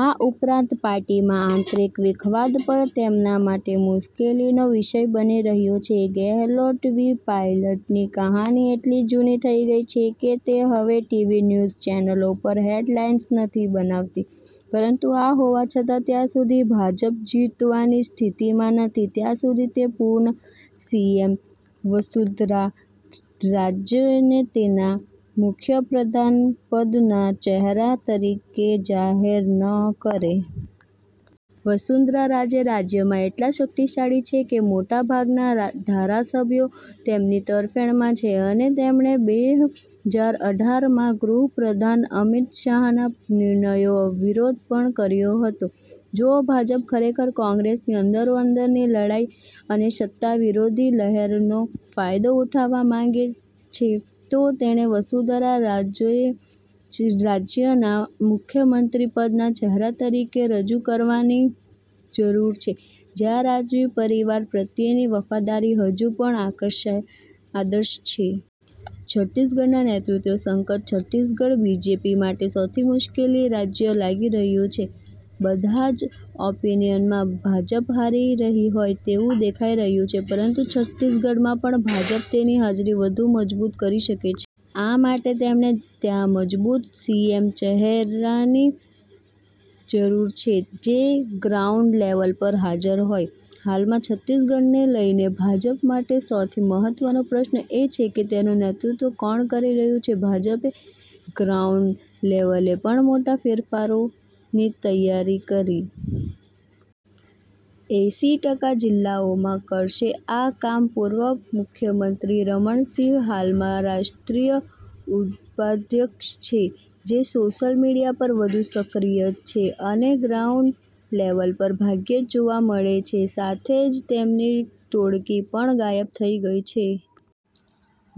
આ ઉપરાંત પાર્ટીમાં આંતરિક વિખવાદ પણ તેમના માટે મુશ્કેલીનો વિષય બની રહ્યો છે. ગેહલોત વિ પાયલટની કહાની એટલી જૂની થઈ ગઈ છે કે તે હવે ટીવી ન્યૂઝ ચેનલો પર હેડલાઈન્સ નથી બનાવતી. પરંતુ આ હોવા છતાં, ત્યાં સુધી ભાજપ જીતવાની સ્થિતિમાં નથી, જ્યાં સુધી તે પૂર્વ સીએમ વસુંધરા રાજેને તેના મુખ્ય પ્રધાનપદના ચહેરા તરીકે જાહેર ન કરે. વસુંધરા રાજે રાજ્યમાં એટલા શક્તિશાળી છે કે, મોટાભાગના ધારાસભ્યો તેમની તરફેણમાં છે અને તેમણે બેહજાર અઢારમાં ગૃહ પ્રધાન અમિત શાહના નિર્ણયનો વિરોધ પણ કર્યો હતો. જો ભાજપ ખરેખર કોંગ્રેસની અંદરોઅંદરની લડાઈ અને સત્તા વિરોધી લહેરનો ફાયદો ઉઠાવવા માંગે છે, તો તેણે વસુંધરા રાજેને જ રાજ્યના મુખ્યમંત્રીપદના ચહેરા તરીકે રજૂ કરવાની જરૂર છે, જ્યાં રાજવી પરિવાર પ્રત્યેની વફાદારી હજુ પણ આદર્શ છે. છત્તીસગઢમાં નેતૃત્વ સંકટ, છત્તીસગઢ બીજેપી માટે સૌથી મુશ્કેલ રાજ્ય લાગી રહ્યું છે. બધા જ ઓપિનિયનમાં ભાજપ હારી રહી હોય તેવું દેખાઈ રહ્યું છે પરંતુ, છત્તીસગઢમાં પણ ભાજપ તેની હાજરી વધુ મજબૂત કરી શકે છે. આ માટે તેમણે ત્યાં મજબૂત સીએમ ચહેરાની જરૂર છે, જે ગ્રાઉન્ડ લેવલ પર હાજર હોય. હાલમાં, છત્તીસગઢને લઈને ભાજપ માટે સૌથી મહત્વનો પ્રશ્ન એ છે કે, તેનું નેતૃત્વ કોણ કરી રહ્યું છે? ભાજપે ગ્રાઉન્ડ લેવલે પણ મોટા ફેરફારોની કરી તૈયારી! એંસી ટકા જિલ્લાઓમાં કરશે આ કામ પૂર્વ મુખ્યમંત્રી રમણ સિંહ હાલમાં રાષ્ટ્રીય ઉપાધ્યક્ષ છે, જે સોશિયલ મીડિયા પર વધુ સક્રિય છે અને ગ્રાઉન્ડ લેવલ પર ભાગ્યે જ જોવા મળે છે. સાથે જ તેમની ટોળકી પણ ગાયબ થઈ ગઈ છે.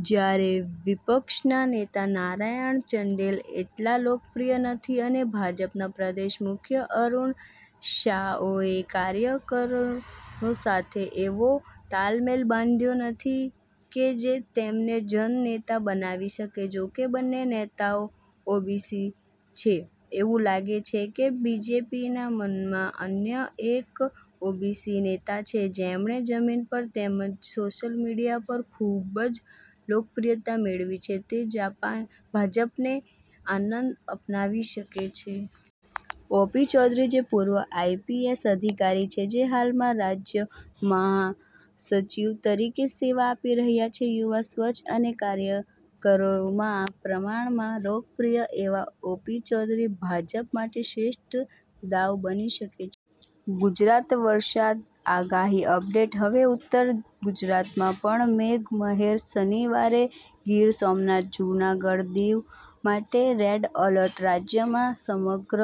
જ્યારે વિપક્ષના નેતા નારાયણ ચંદેલ એટલા લોકપ્રિય નથી અને ભાજપના પ્રદેશ પ્રમુખ અરુણ સાઓએ કાર્યકરો સાથે એવો તાલમેલ બાંધ્યો નથી કે, જે તેમને જન નેતા બનાવી શકે. જોકે બંને નેતાઓ ઓબીસી છે. એવું લાગે છે કે, બીજેપીના મનમાં અન્ય એક ઓબીસી નેતા છે, જેમણે જમીન પર તેમજ સોશિયલ મીડિયા પર ખૂબ જ લોકપ્રિયતા મેળવી છે, જે ભાજપને આનંદ અપાવી શકે છે. ઓપી ચૌધરી જે પૂર્વ આઈપીએસ અધિકારી છે, જે હાલમાં રાજ્યના મહાસચિવ તરીકે સેવા આપી રહ્યા છે. યુવા, સ્વચ્છ અને કાર્યકરોમાં પ્રમાણમાં લોકપ્રિય એવા ઓ. પી. ચૌધરી ભાજપ માટે શ્રેષ્ઠ દાવ બની શકે છે. ગુજરાત વરસાદ આગાહી અપડેટ: હવે ઉત્તર ગુજરાતમાં પણ મેઘમહેર! શનિવારે ગીર સોમનાથ, જૂનાગઢ, દીવ માટે રેડ એલર્ટ. રાજ્યમાં સમગ્ર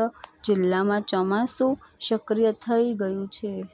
જિલ્લામાં ચોમાસુ સક્રિય થઈ ગયું છે.